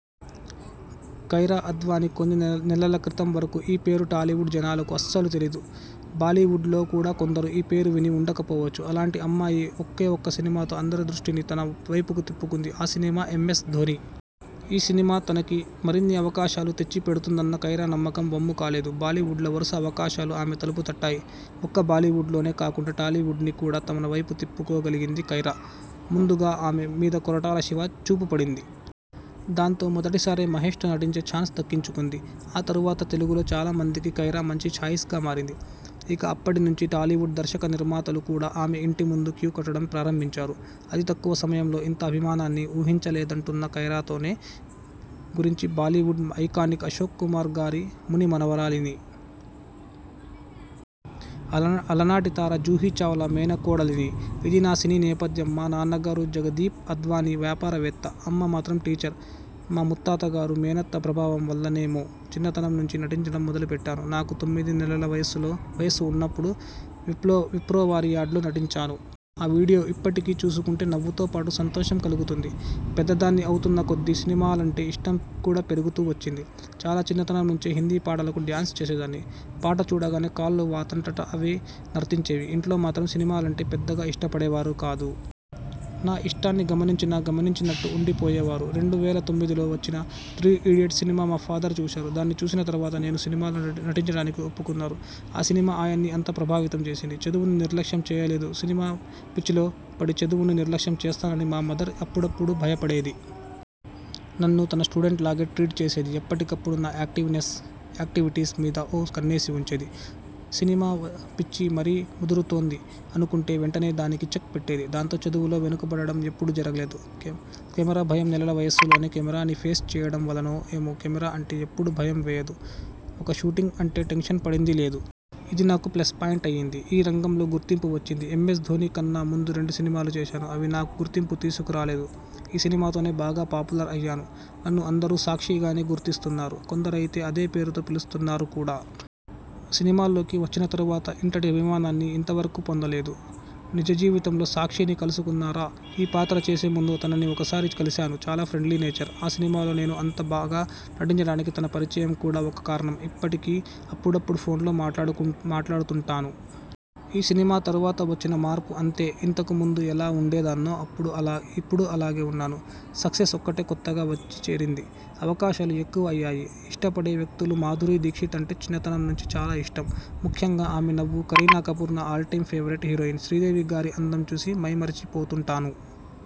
కైరా అద్వాని కొన్ని నెలల క్రితం వరకూ ఈ పేరు టాలీవుడ్ జనాలకు అస్సలు తెలీదు. బాలీవుడ్ లో కూడా కొందరు ఈ పేరు విని ఉండకపోవచ్చు. అలాంటి అమ్మాయి ఒకే ఒక్క సినిమాతో అందరి దృష్టిని తన వైపుకు తిప్పుకుంది. ఆ సినిమా 'ఎంఎస్ ధోని'. ఈ సినిమా తనకి మరిన్ని అవకాశాలు తెచ్చి పెడుతుందన్న కైరా నమ్మకం వమ్ము కాలేదు. బాలీవుడ్లో వరుస అవకాశాలు ఆమె తలుపు తట్టాయి. ఒక్క బాలీవుడ్ నే కాకుండా టాలీవుడ్ ని కూడా తన వైపు తిప్పుకోగలిగింది కైరా. ముందుగా ఆమె మీద కొరటాల శివ చూపు పడింది. దాంతో మొదటిసారే మహేష్ తో నటించే ఛాన్స్ దక్కించుకుంది. ఆ తరువాత తెలుగులో చాలామందికి కైరా మంచి ఛాయిస్ గా మారింది. ఇక అప్పటి నుంచీ టాలీవుడ్ దర్శకనిర్మాతలు కూడా ఆమె ఇంటి ముందు క్యూ కట్టడం ప్రారంభించారు. అతి తక్కువ సమయంలోనే ఇంత అభిమానాన్ని ఊహించలేదంటున్న కైరాతోనా గురించిబాలీవుడ్ ఐకానిక్ అశోక్ కుమార్ గారి ముని మనవరాలిని. ఆలనా అలనాటి అందాల తార జుహీచావ్లా మేనకోడలిని. ఇదీ నా సినీ నేపథ్యం. మా నాన్నగారు జగదీప్ అద్వాని వ్యాపారవేత్త. అమ్మ మాత్రం టీచర్. మా ముత్తాతగారు, మేనత్త ప్రభావం వల్లనేమో చిన్నతనం నుంచీ నటించడం మొదలెట్టాను. నాకు తొమ్మిది నెలల వయస్సు ఉన్నప్పుడు విప్లో విప్రోవారి యాడ్లో నటించాను. ఆ వీడియో ఇప్పటికీ చూసుకుంటే నవ్వుతో పాటు సంతోషం కలుగుతుంది. పెద్దదాన్ని అవుతున్న కొద్దీ సినిమాలంటే ఇష్టం కూడా పెరుగుతూ వచ్చింది. చాలా చిన్నతనం నుంచే హిందీ పాటలకు డ్యాన్స్ చేసేదాన్ని. పాట చూడగానే కాళ్ళు వాటంతట అవి నర్తించేవి. ఇంట్లో మాత్రం సినిమాలంటే పెద్దగా ఇష్టపడేవారు కాదు. నా ఇష్టాన్ని గమనించినా గమనించనట్టు ఉండిపోయేవారు. రెండు వేల తొమ్మిదిలో వచ్చిన 'త్రీ ఇడియెట్స్' సినిమా మా ఫాదర్ చూశారు. దాన్ని చూసిన తరువాత నేను సినిమాల్లో నటించడానికి ఒప్పుకున్నారు. ఆ సినిమా ఆయన్ని అంత ప్రభావితం చేసింది. చదువును నిర్లక్ష్యం చేయలేదు సినిమా పిచ్చిలో పడి చదువును నిర్లక్ష్యం చేస్తానని మా మదర్ అప్పుడప్పుడు భయపడేది. నన్ను తన స్టూడెంట్లాగే ట్రీట్ చేసేది. ఎప్పటికప్పుడు నా యాక్టివ్నెస్ యాక్టివిటీస్ మీద ఓ కన్నేసి ఉంచేది. సినిమా పిచ్చి మరీ ముదురుతోంది అనుకుంటే వెంటనే దానికి చెక్ పెట్టేది. దాంతో చదువులో వెనుకపడడం ఎప్పుడూ జరగలేదు. కెమెరా భయం నెలల వయస్సులోనే కెమెరాని ఫేస్ చేయడం వలనో ఏమో కెమెరా అంటే ఎప్పుడూ భయం వేయదు ఇక షూటింగ్ అంటే టెన్షన్ పడిందీ లేదు. ఇది నాకు ప్లస్ పాయింట్ అయింది. ఈ రంగంలో గుర్తింపు వచ్చింది'ఎం స్ ధోని' కన్నా ముందు రెండు సినిమాలు చేశాను. అవి నాకు గుర్తింపు తీసుకురాలేదు. ఈ సినిమాతోనే బాగా పాపులర్ అయ్యాను. నన్ను అందరూ సాక్షిగానే గుర్తిస్తున్నారు. కొందరయితే అదే పేరుతో పిలుస్తున్నారు కూడా! సినిమాల్లోకి వచ్చిన తరువాత ఇంతటి అభిమానాన్ని ఇంతవరకూ పొందలేదు. నిజజీవితంలో సాక్షిని కలుసుకున్నారా? ఈ పాత్ర చేసేముందు తనని ఒకసారి కలిసాను. చాలా ఫ్రెండ్లీ నేచర్. ఆ సినిమాలో నేను అంత బాగా నటించడానికి తన పరిచయం కూడా ఒక కారణం. ఇప్పటికీ అప్పుడప్పుడు ఫోన్లో మాట్లాడుతూ మాట్లాడుతుంటాను. ఈ సినిమా తరువాత వచ్చిన మార్పు అంటే ఇంతకు ముందు ఎలా ఉండేదాన్నో ఇప్పుడూ అలాగే ఉన్నాను. సక్సెస్ ఒక్కటే కొత్తగా వచ్చి చేరింది. అవకాశాలు ఎక్కువ అయ్యాయి. ఇష్టపడే వ్యక్తులుమాధురీ దీక్షిత్ అంటే చిన్నతనం నుంచి చాలా ఇష్టం. ముఖ్యంగా ఆమె నవ్వు. కరీనాకపూర్ నా all time favourite heroine. Sridevi గారి అందం చూసి మైమరిచిపోతుంటాను.